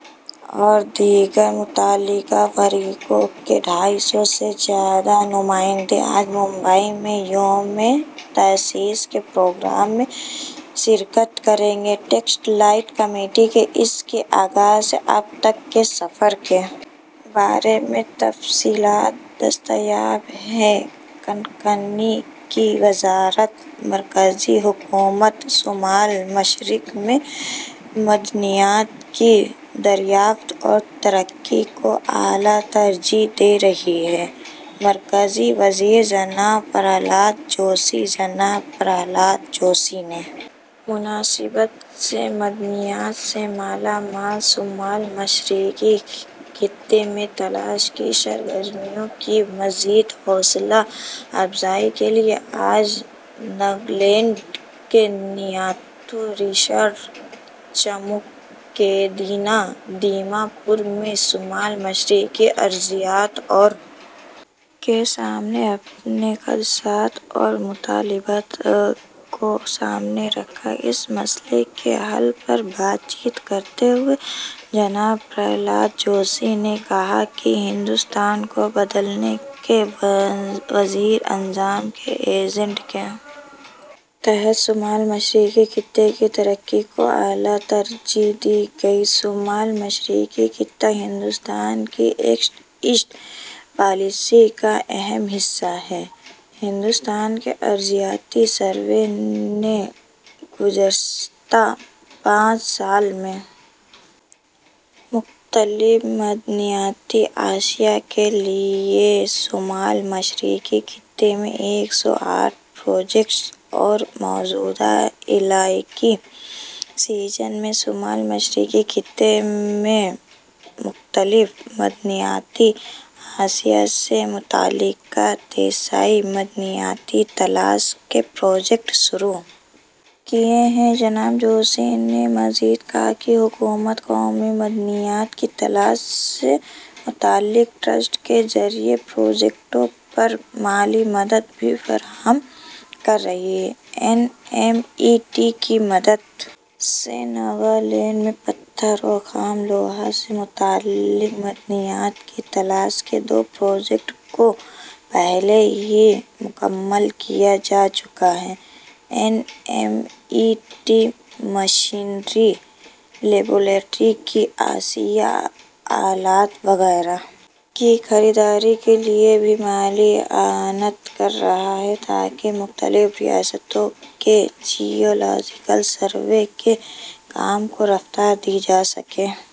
اور دیگر متعلقہ فریقوں کے ڈھائی سو سے زیادہ نمائندے آج ممبئی میں یوم تاسیس کے پروگرام میں شرکت کریں گے ٹیکسٹائل کمیٹی کے اس کے آغاز سے اب تک کے سفر کے بارے میں تفصیلات دستیاب ہیں کانکنی کی وزارت مرکزی حکومت شمال مشرق میں معدنیات کی دریافت اور ترقی کو اعلی ترجیح دے رہی ہے مرکزی وزیر جناب پرہلاد جوشی جناب پرہلاد جوشی نے مناسبت سے معدنیات سے مالا مال شمال مشرقی خطے میں تلاش کی سرگرمیوں کی مزید حوصلہ افزائی کے لیے آج ناگالینڈ کے نیاتھو ریزارٹ چموکے دیما دیما پور میں شمال مشرقی ارضیات اور کے سامنے اپنے خدشات اور مطالبات کو سامنے رکھا اس مسئلے کے حل پر بات چیت کرتے ہوئے جناب پرہلاد جوشی نے کہا کہ ہندوستان کو بدلنے کے وزیر اعظم کے ایجنڈے کے تحت شمال مشرقی خطے کی ترقی کو اعلی ترجیح دی گئی ہے شمال مشرقی خطہ ہندوستان کی ایکٹ ایسٹ پالیسی کا اہم حصہ ہے ہندوستان کے ارضیاتی سروے نے گزشتہ پانچ سال میں مختلف معدنیاتی اشیا کے لیے شمال مشرقی خطے میں ایک سو آٹھ پروجیکٹس اور موجودہ علاقائی سیزن میں شمال مشرقی خطے میں مختلف معدنیاتی اشیا سے متعلق تئیس معدنیاتی تلاش کے پروجیکٹس شروع کیے ہیں جناب جوشی نے مزید کہا کہ حکومت قومی معدنیات کی تلاش سے متعلق ٹرسٹ کے ذریعہ پروجیکٹوں پر مالی مدد بھی فراہم کر رہی ہے این ایم ای ٹی کی مدد سے ناگالینڈ میں پتھروں اور خام لوہا سے متعلق معدنیات کی تلاش کے دو پروجیکٹوں کو پہلے ہی مکمل کیا جا چکا ہے N M E T machinery laboratory کی اشیا آلات وغیرہ کی خریداری کے لیے بھی مالی اعانت کر رہا ہے تاکہ مختلف ریاستوں کے جیولوجیکل سروے کے کام کو رفتار دی جا سکے